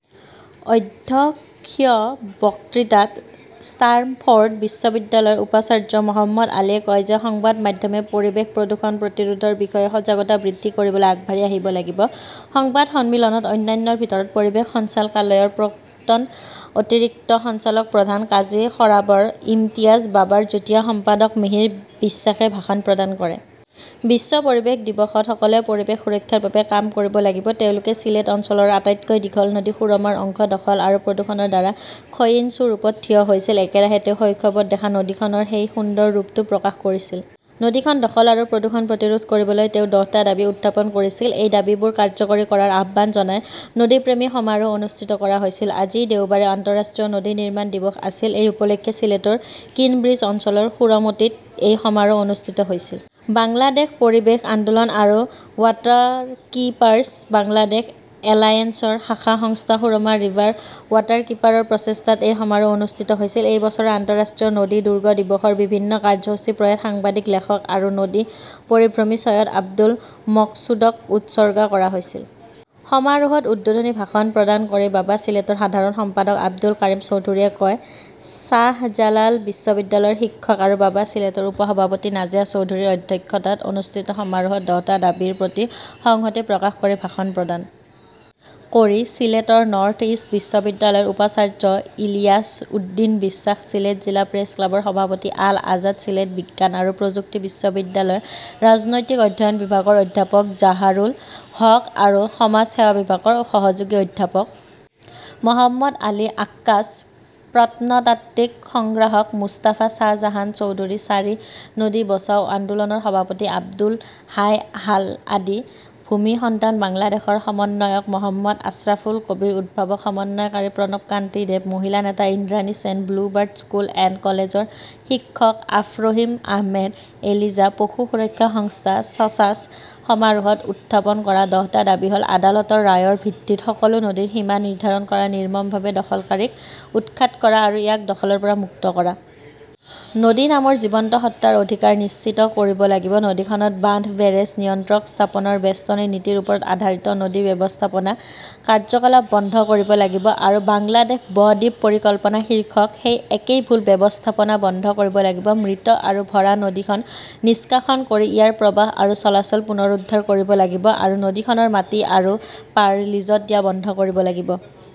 অধ্যক্ষীয় বক্তৃতাত ষ্টাৰ্মফৰ্ড বিশ্ববিদ্যালয়ৰ উপাচাৰ্য মহম্মদ আলীয়ে কয় যে সংবাদ মাধ্যমে পৰিৱেশ প্ৰদূষণ প্ৰতিৰোধৰ বিষয়ে সজাগতা বৃদ্ধি কৰিবলৈ আগবাঢ়ি আহিব লাগিব। সংবাদ সন্মিলনত অন্যান্যৰ ভিতৰত পৰিৱেশ সঞ্চালকালয়ৰ প্ৰাক্তন অতিৰিক্ত সঞ্চালক প্ৰধান কাজী সৰাৱৰ ইমতিয়াজ, বাবাৰ যুটীয়া সম্পাদক মিহিৰ বিশ্বাসে ভাষণ প্ৰদান কৰে। বিশ্ব পৰিৱেশ দিৱসত সকলোৱে পৰিৱেশ সুৰক্ষাৰ বাবে কাম কৰিব লাগিব তেওঁলোকে ছিলেট অঞ্চলৰ আটাইতকৈ দীঘল নদী সুৰমাৰ অংশ দখল আৰু প্ৰদূষণৰ দ্বাৰা ক্ষয়িষ্ণু ৰূপত থিয় হৈছিল। একেৰাহে তেওঁ শৈশৱত দেখা নদীখনৰ সেই সুন্দৰ ৰূপটো প্ৰকাশ কৰিছিল। নদীখন দখল আৰু প্ৰদূষণ প্ৰতিৰোধ কৰিবলৈ তেওঁ দহটা দাবী উত্থাপন কৰিছিল। এই দাবীবোৰ কাৰ্যকৰী কৰাৰ আহ্বান জনাই নদীপ্ৰেমী সমাৰোহ অনুষ্ঠিত কৰা হৈছিল। আজি দেওবাৰে আন্তঃৰাষ্ট্ৰীয় নদী নিৰ্মাণ দিৱস আছিল। এই উপলক্ষে চিলেটৰ কিনব্ৰিজ অঞ্চলৰ সুৰমতিত এই সমাৰোহ অনুষ্ঠিত হৈছিল। বাংলাদেশ পৰিৱেশ আন্দোলন আৰু ৱাটাৰকীপাৰ্ছ বাংলাদেশ এলায়েন্সৰ শাখা সংস্থা সুৰমা ৰিভাৰ ৱাটাৰকীপাৰৰ প্ৰচেষ্টাত এই সমাৰোহ অনুষ্ঠিত হৈছিল। এই বছৰৰ আন্তঃৰাষ্ট্ৰীয় নদী দুৰ্গ দিৱসৰ বিভিন্ন কাৰ্যসূচী প্ৰয়াত সাংবাদিক, লেখক আৰু নদী পৰিভ্ৰমী চৈয়দ আবুল মকছুদক উৎসৰ্গা কৰা হৈছিল। সমাৰোহত উদ্বোধনী ভাষণ প্ৰদান কৰি বাবা চিলেটৰ সাধাৰণ সম্পাদক আব্দুল কাৰিম চৌধুৰীয়ে কয়। শ্বাহজালাল বিশ্ববিদ্যালয়ৰ শিক্ষক আৰু বাবা ছিলেটৰ উপ-সভাপতি নাজিয়া চৌধুৰীৰ অধ্যক্ষতাত অনুষ্ঠিত সমাৰোহত দহটা দাবীৰ প্ৰতি সংহতি প্ৰকাশ কৰি ভাষণ প্ৰদান কৰি ছিলেটৰ নৰ্থ ইষ্ট বিশ্ববিদ্যালয়ৰ উপাচাৰ্য ইলিয়াছ উদ্দীন বিশ্বাস, ছিলেট জিলা প্ৰেছ ক্লাবৰ সভাপতি আল আজাদ, ছিলেট বিজ্ঞান আৰু প্ৰযুক্তি বিশ্ববিদ্যালয়ৰ ৰাজনৈতিক অধ্যয়ন বিভাগৰ অধ্যাপক জাহৰুল হক আৰু সমাজ সেৱা বিভাগৰ সহযোগী অধ্যাপক মহম্মদ আলী আক্কাস, প্ৰত্নতাত্ত্বিক সংগ্ৰাহক মুস্তাফা শ্বাহজান চৌধুৰী, ছাৰী নদী বচাও আন্দোলনৰ সভাপতি আব্দুল হাই আল হাদি, ভূমি সন্তান বাংলাদেশৰ সমন্বয়ক মহম্মদ আশ্ৰাফুল কবীৰ, উদ্ভাৱক সমন্বয়কাৰী প্ৰণৱ কান্তি দেৱ, মহিলা নেতা Indrani Sen, Blue Bird School and কলেজৰ শিক্ষক আফৰহিম আহমেদ এলিজা, পশু সুৰক্ষা সংস্থা "ছছাছ" সমাৰোহত উত্থাপন কৰা দহটা দাবী হ'ল আদালতৰ ৰায়ৰ ভিত্তিত সকলো নদীৰ সীমা নিৰ্ধাৰণ কৰা, নিৰ্মমভাৱে দখলকাৰীক উৎখাত কৰা আৰু ইয়াক দখলৰ পৰা মুক্ত কৰা। নদী নামৰ জীৱন্ত সত্তাৰ অধিকাৰ নিশ্চিত কৰিব লাগিব। নদীখনত বান্ধ-বেৰেজ-নিয়ন্ত্ৰক স্থাপনৰ বেষ্টনী নীতিৰ ওপৰত আধাৰিত নদী ব্যৱস্থাপনা কাৰ্যকলাপ বন্ধ কৰিব লাগিব আৰু "বাংলাদেশ ব-দ্বীপ পৰিকল্পনা"-শীৰ্ষক সেই একেই ভুল ব্যৱস্থাপনা বন্ধ কৰিব লাগিব। মৃত আৰু ভৰা নদীখন নিষ্কাশন কৰি ইয়াৰ প্ৰৱাহ আৰু চলাচল পুনৰুদ্ধাৰ কৰিব লাগিব আৰু নদীখনৰ মাটি আৰু পাৰ লিজত দিয়া বন্ধ কৰিব লাগিব।